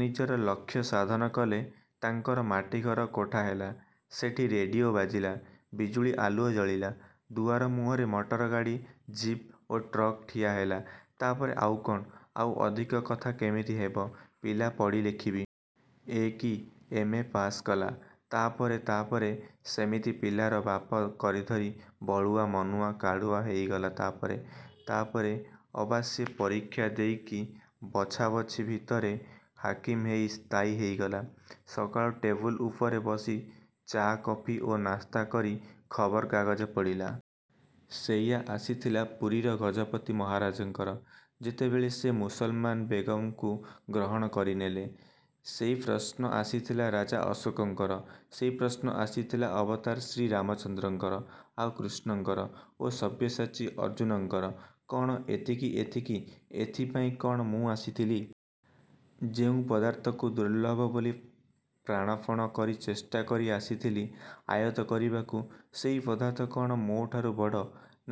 ନିଜର ଲକ୍ଷ୍ୟ ସାଧନ କଲେ। ତାଙ୍କର ମାଟିଘର କୋଠା ହେଲା। ସେଠି ରେଡ଼ିଓ ବାଜିଲା। ବିଜୁଳି ଆଲୁଅ ଜଳିଲା। ଦୁଆର ମୁହଁରେ ମଟରଗାଡ଼ି, ଜିପ୍ ଓ ଟ୍ରକ୍ ଠିଆ ହେଲା। ତା'ପରେ ଆଉ କ'ଣ? –ଆଉ ଅଧିକ କଥା କେମିତି ହେବ? ପିଲା ପଢ଼ିଲେଖି ବି. ଏ. କି ଏମ. ଏ. ପାସ୍ କଲା। ତା'ପରେ? –ତା'ପରେ? ସେମିତି ପିଲାର ବାପ କରିଧରି ବଳୁଆ, ମନୁଆ, କାଢୁଆ ହେଇଗଲା ତା'ପରେ? –ତା'ପରେ? ଅବା ସିଏ ପରୀକ୍ଷା ଦେଇ କି ବଛାବଛି ଭିତରେ ହାକିମ ହେଇ ସ୍ଥାୟୀ ହୋଇଗଲା। ସକାଳୁ ଟେବୁଲ ଉପରେ ବସି ଚା କଫି ଓ ନାସ୍ତା କରି ଖବର କାଗଜ ପଢ଼ିଲା। ସେଇଆ ଆସିଥିଲା ପୁରୀର ଗଜପତି ମହାରାଜଙ୍କର–ଯେତେବେଳେ ସେ ମୁସଲମାନ ବେଗମକୁ ଗ୍ରହଣ କରିନେଲେ। ସେଇ ପ୍ରଶ୍ନ ଆସିଥିଲା ରାଜା ଆଶୋକଙ୍କର। ସେଇ ପ୍ରଶ୍ନ ଆସିଥିଲା ଅବତାର ଶ୍ରୀ ରାମଚନ୍ଦ୍ରଙ୍କର ଆଉ ଶ୍ରୀକୃଷ୍ଣଙ୍କର ଓ ସବ୍ୟସାଚୀ ଅର୍ଜ୍ଜୁନଙ୍କର। କ'ଣ ଏତିକି? –ଏତିକି? ଏଥିପାଇଁ କ'ଣ ମୁଁ ଆସିଥିଲି। ଯେଉଁ ପଦାର୍ଥକୁ ଦୁର୍ଲଭ ବୋଲି ପ୍ରାଣପଣ କରି ଚେଷ୍ଟା କରି ଆସିଥିଲି ଆୟତ୍ତ କରିବାକୁ, ସେଇ ପଦାର୍ଥ କ'ଣ ମୋ'ଠାରୁ ବଡ଼?...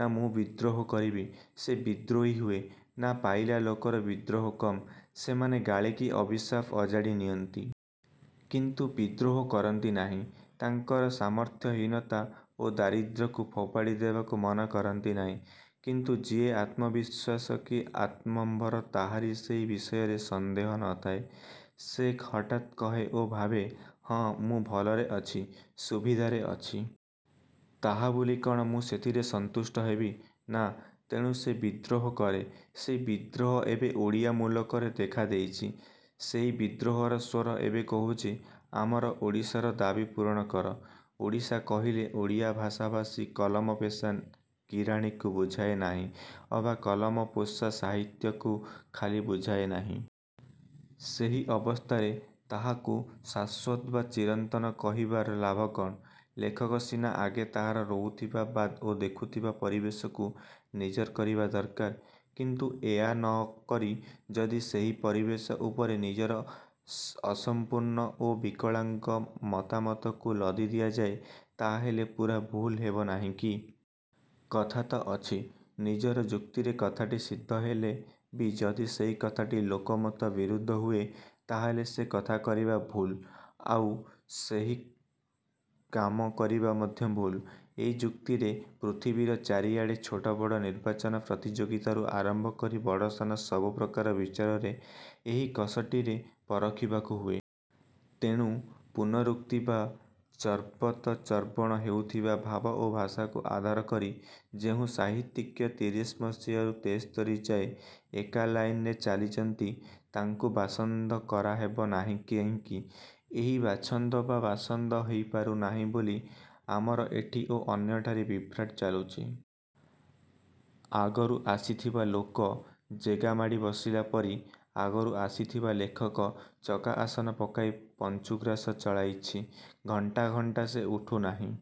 ନା, ମୁଁ ବିଦ୍ରୋହ କରିବି। ସେ ବିଦ୍ରୋହୀ ହୁଏ। ନା ପାଇଲା ଲୋକରେ ବିଦ୍ରୋହ କମ୍। ସେମାନେ ଗାଳି କି ଅଭିଶାପ ଅଜାଡ଼ି ନିଅନ୍ତି। କିନ୍ତୁ ବିଦ୍ରୋହ କରନ୍ତି ନାହିଁ। ତାଙ୍କର ସାମର୍ଥ୍ୟହୀନତା ଓ ଦାରିଦ୍ର୍ୟକୁ ଫୋପାଡ଼ି ଦେବାକୁ ମନ କରନ୍ତି ନାହିଁ। କିନ୍ତୁ ଯିଏ ଆତ୍ମବିଶ୍ୱାସୀ କି ଆତ୍ମମ୍ଭର ତାହାରି ସେହି ବିଷୟରେ ସନ୍ଦେହ ନ ଥାଏ। ସେ ହଠାତ୍ କହେ ଓ ଭାବେ। ହଁ। ମୁଁ ଭଲରେ ଅଛି–ସୁବିଧାରେ ଅଛି। ତାହା ବୋଲି କ'ଣ ମୁଁ ସେଥିରେ ସନ୍ତୁଷ୍ଟ ହେବି? ନା। ତେଣୁ ସେ ବିଦ୍ରୋହ କରେ। ସେଇ ବିଦ୍ରୋହ ଏବେ ଓଡ଼ିଆ ମୁଲକରେ ଦେଖା ଦେଇଛି। ସେଇ ବିଦ୍ରୋହର ସ୍ୱର ଏବେ କହୁଛି ଆମର ଓଡ଼ିଶାର ଦାବୀ ପୁରଣ କର। ଓଡ଼ିଶା କହିଲେ ଓଡ଼ିଆ ଭାଷାଭାଷୀ କଲମପେଶା କିରାଣିକୁ ବୁଝାଏ ନାହିଁ ଅବା କଲମପୋଷା ସାହିତ୍ୟକକୁ ଖାଲି ବୁଝାଏ ନାହିଁ। ସେହି ଅବସ୍ଥାରେ ତାହାକୁ ଶାଶ୍ୱତ ବା ଚିରନ୍ତନ କହିବାର ଲାଭ କ'ଣ? ଲେଖକ। ସିନା ଆଗେ ତାହାର ରହୁଥିବା ଓ ଦେଖୁଥିବା ପରିବେଶକୁ ନିଜର କରିବା ଦରକାର। କିନ୍ତୁ ଏହା ନ କରି ଯଦି ସେହି ପରିବେଶ ଉପରେ ନିଜର ଅସମ୍ପୂର୍ଣ୍ଣ ଓ ବିକଳାଙ୍ଗ ମତାମତକୁ ଲଦି ଦିଆଯାଏ ତାହାହେଲେ ପୂରା ଭୁଲ୍ ହେବ ନାହିଁ କି? କଥା ତ ଅଛି–ନିଜର ଯୁକ୍ତିରେ କଥାଟି ସିଦ୍ଧ ହେଲେ ବି ଯଦି ସେହି କଥାଟି ଲୋକମତ ବିରୁଦ୍ଧ ହୁଏ ତାହାହେଲେ ସେ କଥା କରିବା ଭୁଲ୍। ଆଉ ସେହି କାମ କରିବା ମଧ୍ୟ ଭୁଲ୍। ଏହି ଯୁକ୍ତିରେ ପୃଥିବୀର ଚାରିଆଡ଼େ ଛୋଟ ବଡ଼ ନିର୍ବାଚନ ପ୍ରତିଯୋଗିତାରୁ ଆରମ୍ଭ କରି ବଡ଼ସାନ ସବୁ ପ୍ରକାରର ବିଚାରରେ ଏହି କଷଟିରେ ପରଖିବାକୁ ହୁଏ। ତେଣୁ ପୁନରୁକ୍ତି ବା ଚର୍ବିତଚର୍ବଣ ହେଉଥିବା ଭାବ ଓ ଭାଷାକୁ ଆଧାର କରି ଯେଉଁ ସାହିତ୍ୟିକ ତିରିଶି ମସିହାରୁ ତେସ୍ତରି ଯାଏ ଏକା ଲାଇନରେ ଚାଲିଛନ୍ତି ତାଙ୍କୁ ବାସନ୍ଦ କରାହେବ ନାହିଁ କାହିଁକି? ଏହି ବାଛନ୍ଦ ବା ବାସନ୍ଦ ହେଇ ପାରୁନାହିଁ ବୋଲି ଆମର ଏଠି ଓ ଅନ୍ୟଠାରେ ବିଭ୍ରାଟ ଚାଲୁଛି। ଆଗରୁ ଆସିଥିବା ଲୋକ ଜେଗା ମାଡ଼ି ବସିଲା ପରି ଆଗରୁ ଆସିଥିବା ଲେଖକ ଚକା ଆସନ ପକାଇ ପଞ୍ଚୁଗ୍ରାସ ଚଳାଇଛି–ଘଣ୍ଟା ଘଣ୍ଟା। ସେ ଉଠୁ ନାହିଁ।